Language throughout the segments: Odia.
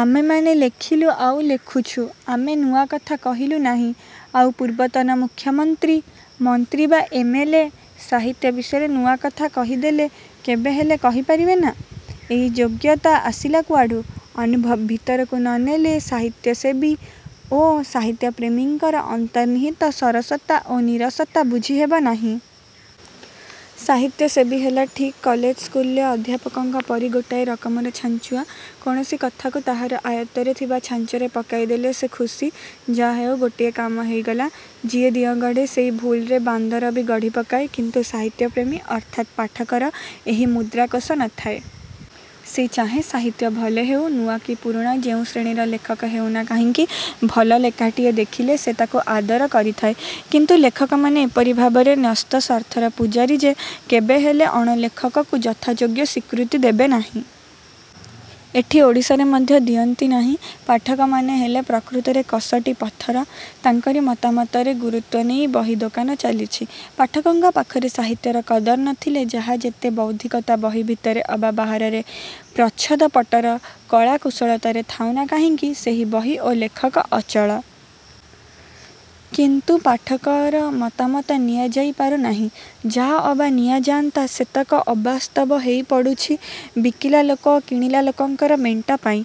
ଆମେମାନେ ଲେଖିଲୁ ଆଉ ଲେଖୁଛୁ। ଆମେ ନୂଆ କଥା କହିଲୁ ନାହିଁ। ଆଉ ପୂର୍ବତନ ମୁଖ୍ୟମନ୍ତ୍ରୀ, ମନ୍ତ୍ରୀ ବା ଏମ. ଏଲ. ଏ. ସାହିତ୍ୟ ବିଷୟରେ ନୂଆ କଥା କହିଦେଲେ? କେବେ ହେଲେ କହିପାରିବେ ନା? ଏଇ ଯୋଗ୍ୟତା ଆସିଲା କୁଆଡ଼ୁ? ଅନୁଭବ ଭିତରକୁ ନ ନେଲେ ସାହିତ୍ୟସେବୀ ଓ ସାହିତ୍ୟପ୍ରେମୀଙ୍କର ଅନ୍ତର୍ନିହିତ ସରସତା ଓ ନୀରସତା ବୁଝିହେବ ନାହିଁ। ସାହିତ୍ୟସେବୀ ହେଲା ଠିକ୍ କଲେଜ ସ୍କୁଲର ଅଧ୍ୟାପକଙ୍କ ପରି ଗୋଟାଏ ରକମର ଛାଞ୍ଚୁଆ। କୌଣସି କଥାକୁ ତାହାର ଆୟତ୍ତରେ ଥିବା ଛାଞ୍ଚରେ ପକାଇ ଦେଲେ ସେ ଖୁସି-ଯାହା ହେଉ ଗୋଟାଏ କାମ ହେଇଗଲା। ଯିଏ ଦିଅଁଗଢ଼େ ସେହି ଭୁଲରେ ବାନ୍ଦର ବି ଗଢ଼ି ପକାଏ। କିନ୍ତୁ ସାହିତ୍ୟପ୍ରେମୀ ଅର୍ଥାତ୍ ପାଠକର ଏହି ମୁଦ୍ରାଦୋଷ ନ ଥାଏ। ସେ ଚାହେଁ ସାହିତ୍ୟ ଭଲ ହେଉ। ନୂଆ କି ପୁରୁଣା ଯେଉଁ ଶ୍ରେଣୀର ଲେଖକ ହେଉ ନା କାହିଁକି ଭଲ ଲେଖାଟିଏ ଦେଖିଲେ ସେ ତାକୁ ଆଦର କରିଥାଏ। କିନ୍ତୁ ଲେଖକମାନେ ଏପରି ଭାବରେ ନ୍ୟସ୍ତ ସ୍ୱାର୍ଥର ପୂଜାରୀ ଯେ କେବେହେଲେ ଅଣଲେଖକକୁ ଯଥାଯୋଗ୍ୟ ସ୍ୱୀକୃତି ଦେବେ ନାହିଁ। ଏଠି ଓଡ଼ିଶାରେ ମଧ୍ୟ ଦିଅନ୍ତି ନାହିଁ। ପାଠକମାନେ ହେଲେ ପ୍ରକୃତରେ କଷଟି ପଥର। ତାଙ୍କରି ମତାମତରେ ଗୁରୁତ୍ୱ ନେଇ ବହିଦୋକାନ ଚାଲିଛି। ପାଠକଙ୍କ ପାଖରେ ସାହିତ୍ୟର କଦର ନ ଥିଲେ ଯାହା ଯେତେ ବୌଦ୍ଧିକତା ବହି ଭିତରେ ଅବା ବାହାରର ପ୍ରଚ୍ଛଦପଟର କଳାକୁଶଳତାରେ ଥାଉ ନା କାହିଁକି ସେହି ବହି ଓ ଲେଖକ ଅଚଳ। କିନ୍ତୁ ପାଠକର ମତାମତ ନିଆଯାଇପାରୁ ନାହିଁ। ଯାହା ଅବା ନିଆ ଯାଆନ୍ତା ସେତକ ଅବାସ୍ତବ ହେଇ ପଡ଼ୁଛି ବିକିଲା ଲୋକ ଓ କିଣିଲା ଲୋକଙ୍କର ମେଣ୍ଟପାଇଁ।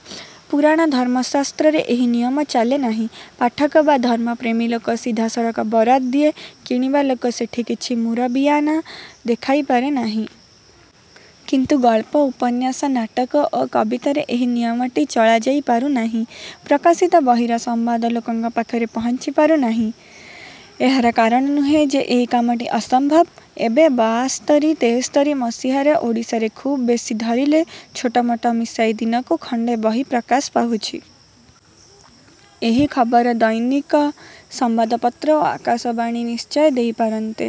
ପୁରାଣ ଧର୍ମଶାସ୍ତ୍ରରେ ଏହି ନିୟମ ଚାଲେ ନାହିଁ। ପାଠକ ବା ଧର୍ମପ୍ରେମୀ ଲୋକ ସିଧାସଳଖ ବରାଦ ଦିଏ। କିଣିବା ଲୋକ ସେଠି କିଛି ମୁରବିଆନା ଦେଖାଇ ପାରେ ନାହିଁ। କିନ୍ତୁ ଗଳ୍ପ, ଉପନ୍ୟାସ, ନାଟକ ଓ କବିତାରେ ଏହି ନିୟମଟି ଚଳାଯାଇ ପାରୁନାହିଁ। ପ୍ରକାଶିତ ବହିର ସମ୍ବାଦ ଲୋକଙ୍କ ପାଖରେ ପହଞ୍ଚିପାରୁ ନାହିଁ। ଏହାର କାରଣ ନୁହେଁ ଯେ ଏଇ କାମଟି ଅସମ୍ଭବ। ଏବେ ବାଆସ୍ତରୀ ତେସ୍ତରି ମସିହାରେ ଓଡ଼ିଆରେ ଖୁବ୍ ବେଶି ଧରିଲେ ଛୋଟ ମୋଟ ମିଶାଇ ଦିନକୁ ଖଣ୍ଡେ ବହି ପ୍ରକାଶ ପାଉଛି। ଏହି ଖବର ଦୈନିକ ସମ୍ବାଦପତ୍ର ଓ ଆକାଶବାଣୀ ନିଶ୍ଚୟ ଦେଇ ପାରନ୍ତେ।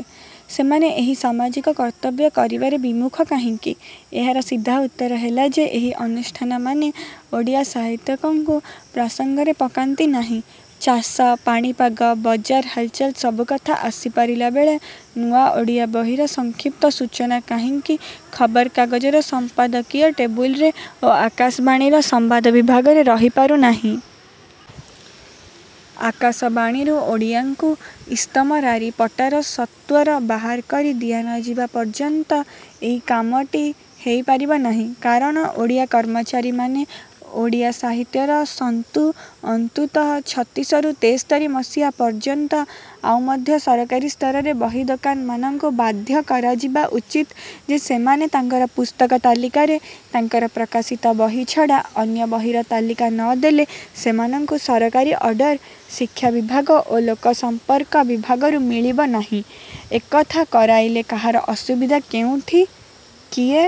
ସେମାନେ ଏହି ସାମାଜିକ କର୍ତ୍ତବ୍ୟ କରିବାରେ ବିମୁଖ କାହିଁକି? ଏହାର ସିଧା ଉତ୍ତର ହେଲା ଯେ ଏହି ଅନୁଷ୍ଠାନମାନେ ଓଡ଼ିଆ ସାହିତ୍ୟିକଙ୍କୁ ପାସଙ୍ଗରେ ପକାନ୍ତି ନାହିଁ। ଚାଷ, ପାଣିପାଗ, ବଜାର ହାଲଚାଲ ସବୁ କଥା ଆସି ପାରିଲା ବେଳେ ନୂଆ ଓଡ଼ିଆ ବହିର ସଂକ୍ଷିପ୍ତ ସୂଚନା କାହିଁକି ଖବରକାଗଜର ସଂପାଦକୀୟ ଟେବୁଲରେ ଓ ଆକାଶବାଣୀର ସମ୍ବାଦ ବିଭାଗରେ ରହିପାରୁ ନାହିଁ? ଆକାଶବାଣୀରୁ ଓଡ଼ିଆଙ୍କୁ ଇସ୍ତମରାରୀ ପଟାର ସତ୍ତ୍ୱରୁ ବାହାର କରି ଦିଆନଯିବା ପର୍ଯ୍ୟନ୍ତ ଏଇ କାମଟି ହେଇ ପାରିବ ନାହିଁ। କାରଣ ଓଡ଼ିଆ କର୍ମଚାରୀମାନେ ଓଡ଼ିଆ ସାହିତ୍ୟର ଶନ୍ତ୍ରୁ-ଅନ୍ତତ ଛତିଶରୁ ତେସ୍ତରି ମସିହା ପର୍ଯ୍ୟନ୍ତ। ଆଉ ମଧ୍ୟ ସରକାରୀ ସ୍ତରରେ ବହି ଦୋକାନମାନଙ୍କୁ ବାଧ୍ୟ କରାଯିବା ଉଚିତ୍ ଯେ ସେମାନେ ତାଙ୍କର ପୁସ୍ତକ ତାଲିକାରେ ତାଙ୍କର ପ୍ରକାଶିତ ବହି ଛଡ଼ା ଅନ୍ୟ ବହିର ତାଲିକା ନ ଦେଲେ ସେମାନଙ୍କୁ ସରକାରୀ ଅର୍ଡର ଶିକ୍ଷାବିଭାଗ ଓ ଲୋକସଂପର୍କ ବିଭାଗରୁ ମିଳିବ ନାହିଁ। ଏକଥା କରାଇଲେ କାହାର ଅସୁବିଧା କେଉଁଠି-କିଏ